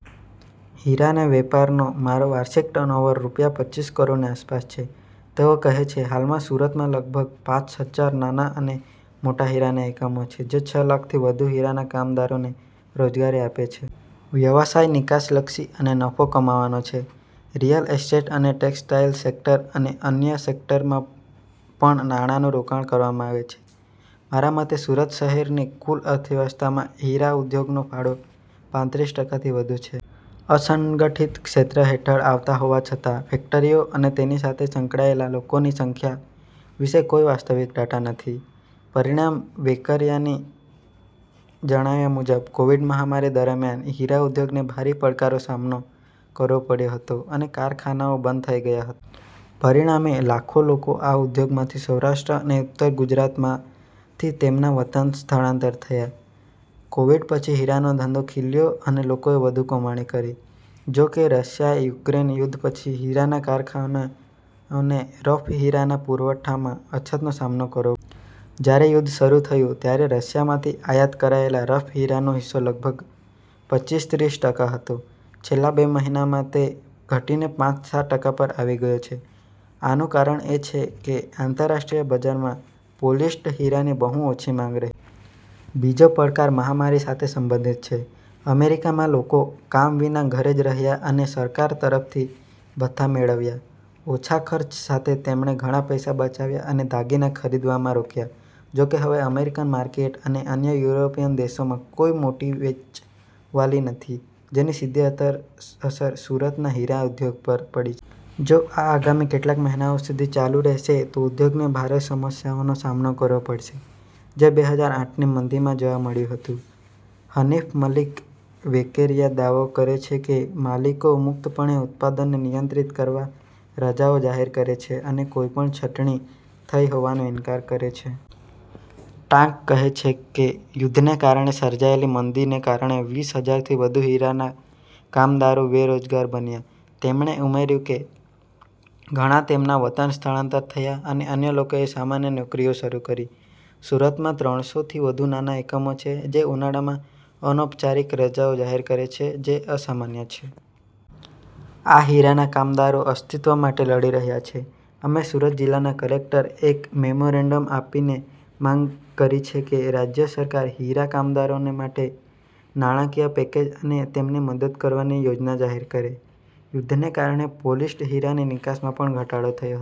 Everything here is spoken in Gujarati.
હીરાના વેપારનો મારો વાર્ષિક ટર્નઓવર રૂપિયા પચ્ચીસ કરોડની આસપાસ છે. તેઓ કહે છે, હાલમાં સુરતમાં લગભગ પાંચ હજાર નાના અને મોટા હીરાના એકમો છે, જે છ લાખથી વધુ હીરા કામદારોને રોજગારી આપે છે. વ્યવસાય નિકાસલક્ષી અને નફો કમાવાનો છે. રિયલ એસ્ટેટ અને ટેક્સટાઇલ સેક્ટર અને અન્ય સેક્ટરમાં પણ નાણાંનું રોકાણ કરવામાં આવે છે. મારા મતે સુરત શહેરની કુલ અર્થવ્યવસ્થામાં હીરા ઉદ્યોગનો ફાળો પાંત્રીસ ટકાથી વધુ છે. અસંગઠિત ક્ષેત્ર હેઠળ આવતા હોવા છતાં, ફેક્ટરીઓ અને તેની સાથે સંકળાયેલા લોકોની સંખ્યા વિશે કોઈ વાસ્તવિક ડેટા નથી. પરિણામ વેકરિયાના જણાવ્યા મુજબ, કોવિડ મહામારી દરમિયાન, હીરા ઉદ્યોગને ભારે પડકારોનો સામનો કરવો પડ્યો હતો અને કારખાનાઓ બંધ થઈ ગયા હતા. પરિણામે, લાખો લોકો આ ઉદ્યોગમાંથી સૌરાષ્ટ્ર અને ઉત્તર ગુજરાતમાંથી તેમના વતન સ્થળાંતર થયા. કોવિડ પછી, હીરાનો ધંધો ખીલ્યો અને લોકોએ વધુ કમાણી કરી. જો કે, રુસિયા-યુક્રેન યુદ્ધ પછી, હીરાના કારખાનાઓને રફ હીરાના પુરવઠામાં અછતનો સામનો કરવો પડ્યો. જ્યારે યુદ્ધ શરૂ થયું, ત્યારે રશિયામાંથી આયાત કરાયેલા રફ હીરાનો હિસ્સો લગભગ પચ્ચીસ-ત્રીસ ટકા હતો. છેલ્લા બે મહિનામાં તે ઘટીને પાંચ-સાત ટકા પર આવી ગયો છે. "આનું કારણ એ છે કે, આંતરરાષ્ટ્રીય બજારમાં પોલિશ્ડ હીરાની બહુ ઓછી માંગ રહી છે. બીજો પડકાર મહામારી સાથે સંબંધિત છે. "અમેરિકામાં લોકો કામ વિના ઘરે જ રહ્યા અને સરકાર તરફથી ભથ્થાં મેળવ્યા. ઓછા ખર્ચ સાથે, તેમણે ઘણા પૈસા બચાવ્યા અને દાગીના ખરીદવામાં રોક્યા. જોકે, હવે અમેરિકન માર્કેટ અને અન્ય યુરોપીયન દેશોમાં કોઈ મોટી વેચવાલી નથી, જેની સીધી અસર સુરતના હીરા ઉદ્યોગ પર પડી છે. જો આ આગામી કેટલાક મહિનાઓ સુધી ચાલુ રહેશે, તો ઉદ્યોગને ભારે સમસ્યાઓનો સામનો કરવો પડશે, જે બે હજાર આઠની મંદીમાં જોવા મળ્યું હતું. હનિફ મલિક વેકેરિયા દાવો કરે છે કે, માલિકો મુક્તપણે ઉત્પાદનને નિયંત્રિત કરવા રજાઓ જાહેર કરે છે અને કોઈપણ છટણી થઈ હોવાનો ઇનકાર કરે છે. ટાંક કહે છે કે, યુદ્ધને કારણે સર્જાયેલી મંદીને કારણે, વીસ હજાર થી વધુ હીરા કામદારો બેરોજગાર બન્યા, તેમણે ઉમેર્યું કે, ઘણા તેમના વતન સ્થળાંતર થયા અને અન્ય લોકોએ સામાન્ય નોકરીઓ શરૂ કરી. સુરતમાં ત્રણ સો થી વધુ નાના એકમો છે, જે ઉનાળામાં અનૌપચારિક રજાઓ જાહેર કરે છે જે અસામાન્ય છે. આ હીરા કામદારો અસ્તિત્વ માટે લડી રહ્યા છે. અમે સુરત જિલ્લા કલેક્ટરને એક મેમોરેન્ડમ આપીને માંગ કરી છે કે, રાજ્ય સરકાર હીરા કામદારો માટે નાણાકીય પેકેજ અને તેમને મદદ કરવાની યોજના જાહેર કરે. યુદ્ધને કારણે પોલિશ્ડ હીરાની નિકાસમાં પણ ઘટાડો થયો હતો.